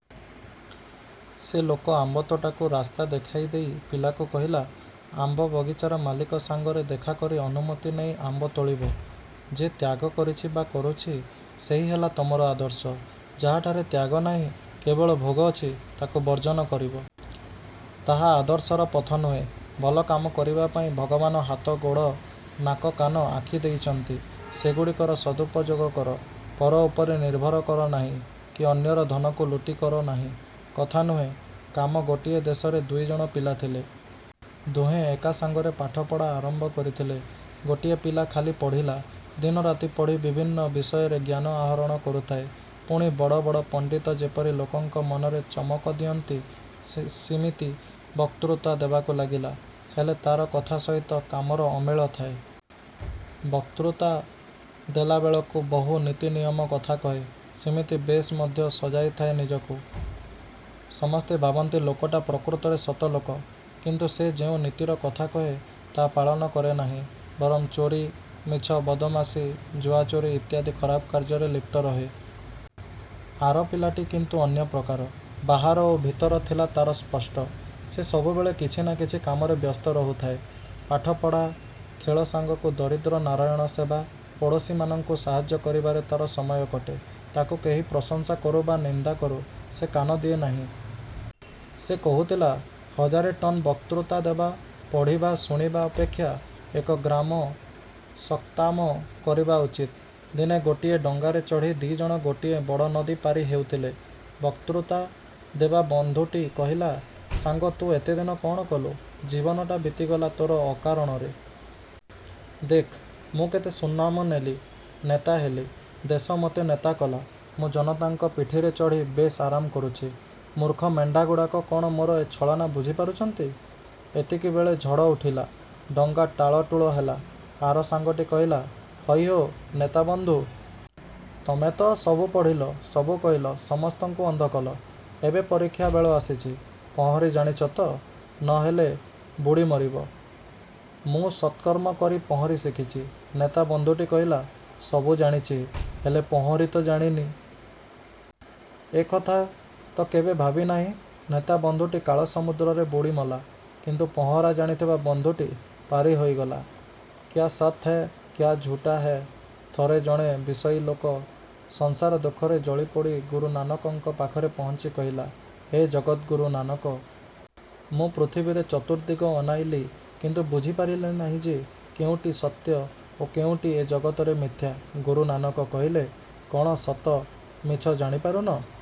ସେ ଲୋକ ଆମ୍ବତୋଟାକୁ ରାସ୍ତା ଦେଖାଇଦେଇ ପିଲାକୁ କହିଲା, ''ଆମ୍ବ ବଗିଚାର ମାଲିକ ସାଙ୍ଗରେ ଦେଖାକରି ଅନୁମତି ନେଇ ଆମ୍ବ ତୋଳିବ। '' ଯେ ତ୍ୟାଗ କରିଛି ବା କରୁଛି ସେହି ହେଲା ତମର ଆଦର୍ଶ। ଯାହାଠାରେ ତ୍ୟାଗ ନାହିଁ, କେବଳ ଭୋଗ ଅଛି, ତାକୁ ବର୍ଜନ କରିବ। ତାହା ଆଦର୍ଶର ପଥ ନୁହେଁ। ଭଲ କାମ କରିବା ପାଇଁ ଭଗବାନ ହାତ-ଗୋଡ଼, ନାକ-କାନ, ଆଖି ଦେଇଛନ୍ତି। ସେଗୁଡ଼ିକର ସଦୁପଯୋଗ କର। ପର ଉପରେ ନିର୍ଭର କର ନାହିଁ କି ଅନ୍ୟର ଧନକୁ ଲୁଟିକର ନାହିଁ। କଥା ନୁହେଁ, କାମ ଗୋଟିଏ ଦେଶରେ ଦୁଇଜଣ ପିଲା ଥିଲେ। ଦୁହେଁ ଏକା ସାଙ୍ଗରେ ପାଠପଢ଼ା ଆରମ୍ଭ କରିଥିଲେ। ଗୋଟିଏ ପିଲା ଖାଲି ପଢ଼ିଲା। ଦିନରାତି ପଢ଼ି ବିଭିନ୍ନ ବିଷୟରେ ଜ୍ଞାନ ଆହରଣ କରୁଥାଏ; ପୁଣି ବଡ଼ ବଡ଼ ପଣ୍ତିତ ଯେପରି ଲୋକଙ୍କ ମନରେ ଚମକ ଦିଅନ୍ତି ସିମିତି ବକ୍ତୃତା ଦେବାକୁ ଲାଗିଲା। ହେଲେ ତା'ର କଥା ସହିତ କାମର ଅମେଳ ଥାଏ। ବକ୍ତୃତା ଦେଲାବେଳକୁ ବହୁ ନୀତି-ନିୟମ କଥା କହେ। ସିମିତି ବେଶ୍ ମଧ୍ୟ ସଜାଇଥାଏ ନିଜକୁ। ସମସ୍ତେ ଭାବନ୍ତି ଲୋକଟା ପ୍ରକୃତରେ ସତଲୋକ। କିନ୍ତୁ ସେ ଯେଉଁ ନୀତିର କଥା କହେ ତାହା ପାଳନ କରେନାହିଁ, ବରଂ ଚୋରି, ମିଛ, ବଦମାସି, ଜୁଆଚୋରି ଇତ୍ୟାଦି ଖରାପ କାର୍ଯ୍ୟରେ ଲିପ୍ତ ରହେ। ଆର ପିଲାଟି କିନ୍ତୁ ଅନ୍ୟ ପ୍ରକାର। ବାହାର ଓ ଭିତର ଥିଲା ତାର ସ୍ପଷ୍ଟ। ସେ ସବୁବେଳେ କିଛି ନା କିଛି କାମରେ ବ୍ୟସ୍ତ ରହୁଥାଏ। ପାଠପଢ଼ା, ଖେଳ ସାଙ୍ଗକୁ ଦରିଦ୍ର-ନାରାୟଣ ସେବା, ପଡ଼ୋଶୀମାନଙ୍କୁ ସାହାଯ୍ୟ କରିବାରେ ତାର ସମୟ କଟେ। ତାକୁ କେହି ପ୍ରଶଂସା କରୁ ବା ନିନ୍ଦା କରୁ, ସେ କାନ ଦିଏ ନାହିଁ। ସେ କହୁଥିଲା, ହଜାରେ ଟନ ବକ୍ତୃତା ଦେବା, ପଢ଼ିବା, ଶୁଣିବା ଅପେକ୍ଷା ଏକ ଗ୍ରାମ ସତ୍କାମ କରିବା ଉଚିତ। ଦିନେ ଗୋଟିଏ ଡଙ୍ଗାରେ ଚଢ଼ି ଦିଜଣ ଗୋଟିଏ ବଡ଼ ନଦୀ ପାରି ହେଉଥିଲେ। ବକ୍ତୃତା ଦେବା ବଂଧୁଟି କହିଲା, ''ସାଙ୍ଗ, ତୁ ଏତେଦିନ କ'ଣ କଲୁ, ଜୀବନଟା ବିତିଗଲା ତୋର ଅକାରଣରେ-। ଦେଖ୍, ମୁଁ କେତେ ସୁନାମ ନେଲି, ନେତା ହେଲି। ଦେଶ ମୋତେ ନେତା କଲା, ମୁଁ ଜନତାଙ୍କ ପିଠିରେ ଚଢ଼ି ବେଶ୍ ଆରାମ କରୁଛି-ମୂର୍ଖ ମେଣ୍ଢାଗୁଡ଼ାକ କ'ଣ ମୋର ଏ ଛଳନା ବୁଝି ପାରୁଛନ୍ତି-? '' ଏତିକିବେଳେ ଝଡ଼ ଉଠିଲା। ଡଙ୍ଗା ଟାଳଟୁଳ ହେଲା। ଆର ସାଙ୍ଗଟି କହିଲା-''ହଇ ହୋ, ନେତା ବଂଧୁ! ତମେ ତ ସବୁ ପଢ଼ିଲ, ସବୁ କହିଲ, ସମସ୍ତଙ୍କୁ ଅନ୍ଧ କଲ। ଏବେ ପରୀକ୍ଷା ବେଳ ଆସିଛି। ପହଁରି ଜାଣିଛ ତ? ନ ହେଲେ ବୁଡ଼ି ମରିବ। ମୁଁ ସତ୍କର୍ମ କରି ପହଁରି ଶିଖିଛି। '' ନେତା ବନ୍ଧୁଟି କହିଲା-''ସବୁ ଜାଣିଛି, ହେଲେ ପହଁରି ତ ଜାଣିନି। ଏ କଥା ତ କେବେ ଭାବି ନାହିଁ-। '' ନେତା ବନ୍ଧୁଟି କାଳ-ସମୁଦ୍ରରେ ବୁଡ଼ି ମଲା, କିନ୍ତୁ ପହଁରା ଜାଣିଥିବା ବନ୍ଧୁଟି ପାରି ହୋଇଗଲା। କ୍ୟା ସତ୍ ହୈ କ୍ୟା ଝୁଟା ହୈ ଥରେ ଜଣେ ବିଷୟୀ ଲୋକ ସଂସାରଦୁଃଖରେ ଜଳିପୋଡ଼ି ଗୁରୁ ନାନକଙ୍କ ପାଖରେ ପହୁଞ୍ଚି କହିଲା-ହେ ଜଗତ୍ଗୁରୁ ନାନକ! ମୁଁ ପୃଥିବୀରେ ଚତୁର୍ଦ୍ଦିଗ ଅନାଇଲି କିନ୍ତୁ ବୁଝିପାରିଲି ନାହିଁ ଯେ କେଉଁଟି ସତ୍ୟ ଓ କେଉଁଟି ଏ ଜଗତରେ ମିଥ୍ୟା। ଗୁରୁ ନାନକ କହିଲେ,''କ'ଣ ସତ ମିଛ ଜାଣି ପାରୁନ?